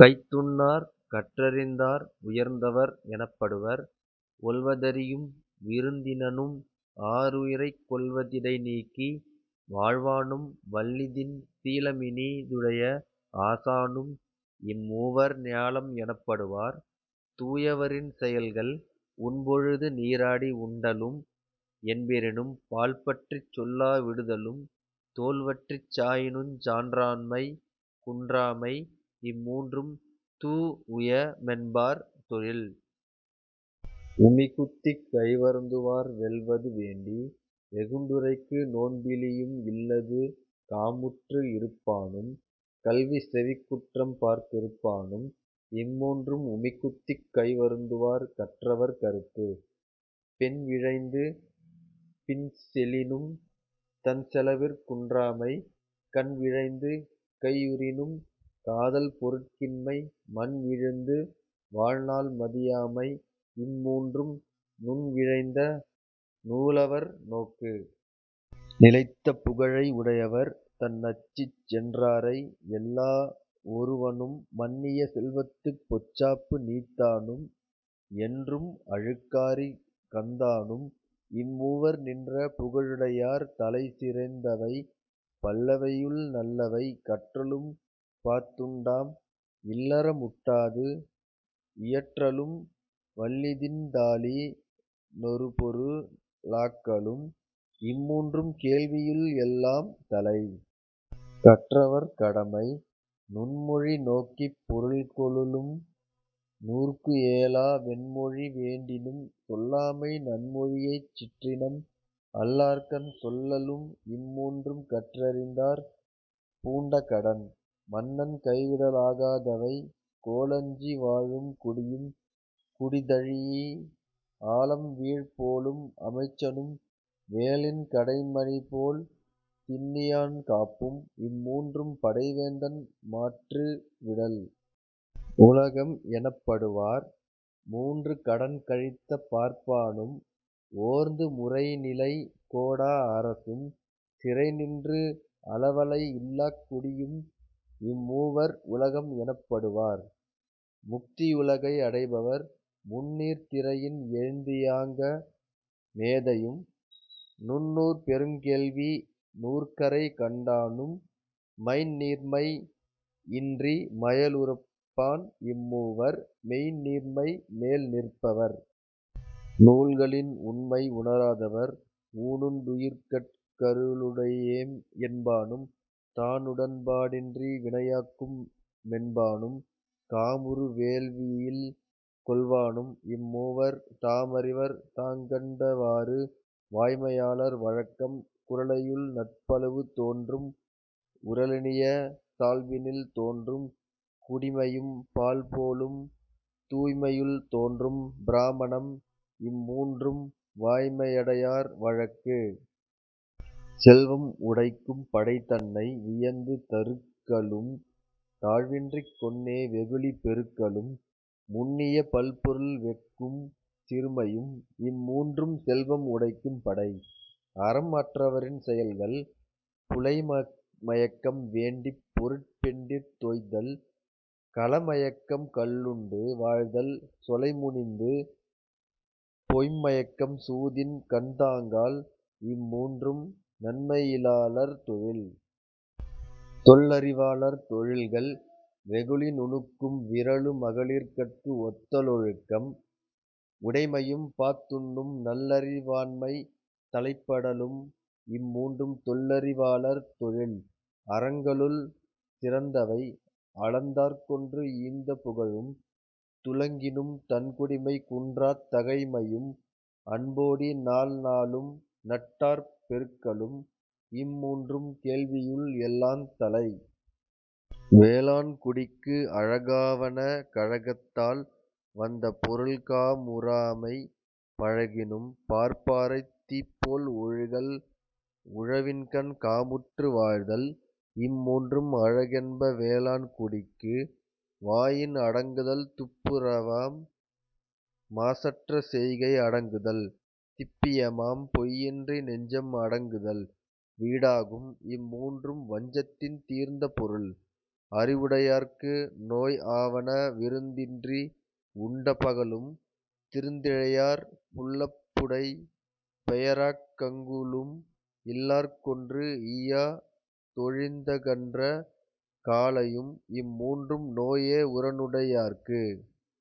கைத்துண்ணார் கற்றறிந் தார்.. உயர்ந்தவர் எனப்படுபவர் ஒல்வ தறியும் விருந்தினனும் ஆருயிரைக் கொல்வ திடைநீக்கி வாழ்வானும் வல்லிதின் சீலமினி துடைய ஆசானும் இம்மூவர் ஞாலம் எனப்படு வார்.. தூயவரின் செயல்கள் உண்பொழுது நீராடி உண்டலும் என்பெறினும் பால்பற்றிச் சொல்லா விடுதலும் தோல்வற்றிச் சாயினுஞ் சான்றாண்மை குன்றாமை இம்மூன்றும் தூஉய மென்பார் தொழில்.. உமி குத்திக் கை வருந்துவார் வெல்வது வேண்டி வெகுண்டுரைக்கு நோன்பிலியும் இல்லது காமுற்று இருப்பானும் கல்வி செவிக்குற்றம் பார்த்திருப்பானும் இம்மூன்றும் உமிக்குத்திக் கைவருந்துவார்.. கற்றவர் கருத்து. பெண்விழைந்து பின்செலினும் தன்செலவிற் குன்றாமை கண்விழைந்து கையுறினும் காதல் பொருட்கின்மை மண்விழுந்து வாழ்நாள் மதியாமை இம்மூன்றும் நுண்விழைந்த நூலவர் நோக்கு.. நிலைத்த புகழை உடையவர் தன்நச்சிச் சென்றாரை எள்ளா வொருவனும் மன்னிய செல்வத்துப் பொச்சாப்பு நீத்தானும் என்றும் அழுக்காறி கந்தானும் இம்மூவர் நின்ற புகழுடை யார்.. தலை சிறந்தவை பல்லவையுள் நல்லவை கற்றலும் பாத்துண்டாம் இல்லற முட்டாது இயற்றலும் வல்லிதின் தாளி னொருபொரு ளாக்கலும் இம்மூன்றும் கேள்வியுள் எல்லாம் தலை.. கற்றவர் கடமை நுண்மொழி நோக்கிப் பொருள்கொளலும் நூற்குஏலா வெண்மொழி வேண்டினும் சொல்லாமை நன்மொழியைச் சிற்றினம் அல்லார்கண் சொல்லலும் இம்மூன்றும் கற்றறிந்தார் பூண்ட கடன்.. மன்னன் கைவிடலாகாதவை கோலஞ்சி வாழும் குடியும் குடிதழீஇ ஆலம்வீழ் போலும் அமைச்சனும் வேலின் கடைமணிபோல் திண்ணியான் காப்பும் இம்மூன்றும் படைவேந்தன் மற்று விடல்.. உலகம் எனப்படுவார் மூன்று கடன்கழித்த பார்ப்பானும் ஓர்ந்து முறைநிலை கோடா அரசும் சிறைநின்று அலவலை இல்லாக் குடியும் இம்மூவர் உலகம் எனப்படு வார்.. முக்தியுலகை அடைபவர் முந்நீர்த் திரையின் எழுந்தியங்கா மேதையும் நுண்ணூற் பெருங்கேள்வி நூற்கரை கண்டானும் மைந்நீர்மை இன்றி மயலுறுப்பான் இம்மூவர் மெய்ந்நீர்மை மேல் நிற்பவர்.. நூல்களின் உண்மை உணராதவர் ஊனுண் டுயிர்கட் கருளுடையேம் என்பானும் தானுடன்பா டின்றி வினையாக்கும் மென்பானும் காமுறு வேள்வியில் கொல்வானும் இம்மூவர் தாமறிவர் தாங்கண்ட வாறு.. வாய்மையாளர் வழக்கம் குறளையுள் நட்பளவு தோன்றும் உறலினிய சால்பினில் தோன்றும் குடிமையும் பால்போலும் தூய்மையுள் தோன்றும் பிரமாணம் இம்மூன்றும் வாய்மை யடையார் வழக்கு.. செல்வம் உடைக்கும் படை தன்னை வியந்து தருக்கலும் தாழ்வின்றிக் கொன்னே வெகுளி பெருக்கலும் முன்னிய பல்பொருள் வெஃகும் சிறுமையும் இம்மூன்றும் செல்வம் உடைக்கும் படை.. அறம் அற்றவரின் செயல்கள் புலைமயக்கம் வேண்டிப் பொருட்பெண்டிர்த் தோய்தல் கலமயக்கம் கள்ளுண்டு வாழ்தல் சொலைமுனிந்து பொய்ம்மயக்கம் சூதின் கண்தாங்கால் இம்மூன்றும் நன்மையி லாளர் தொழில்.. தொல்லறிவாளர் தொழில்கள் வெகுளி நுணுக்கும் விறலு மகளிர்கட்கு ஒத்த லொழுக்கம் உடைமையும் பாத்துண்ணும் நல்லறி வாண்மை தலைப்படலும் இம்மூன்றும் தொல்லறி வாளர் தொழில்.. அறங்களுள் சிறந்தவை அலந்தார்க்கொன்று ஈந்த புகழும் துளங்கினும் தன்குடிமை குன்றாத் தகைமையும் அன்போடி நாள்நாளும் நட்டார்ப் பெருக்கலும் இம்மூன்றும் கேள்வியுள் எல்லாந் தலை.. வேளாண்குடிக்கு அழகாவன கழகத்தால் வந்த பொருள்கா முறாமை பழகினும் பார்ப்பாரைத் தீப்போல் ஒழுகல் உழவின்கண் காமுற்று வாழ்தல் இம்மூன்றும் அழகென்ப வேளாண் குடிக்கு. வாயின் அடங்குதல் துப்புரவாம் மாசற்ற செய்கை அடங்குதல் திப்பியமாம் பொய்யின்றி நெஞ்சம் அடங்குதல் வீடாகும் இம்மூன்றும் வஞ்சத்தின் தீர்ந்த பொருள்.. அறிவுடையார்க்கு நோய் ஆவன விருந்தின்றி உண்ட பகலும் திருந்திழையார் புல்லப்புடை பெயராக் கங்குலும் இல்லார்க்கொன்று ஈயா தொழிந்தகன்ற காலையும் இம்மூன்றும் நோயே உரனுடை யார்க்கு..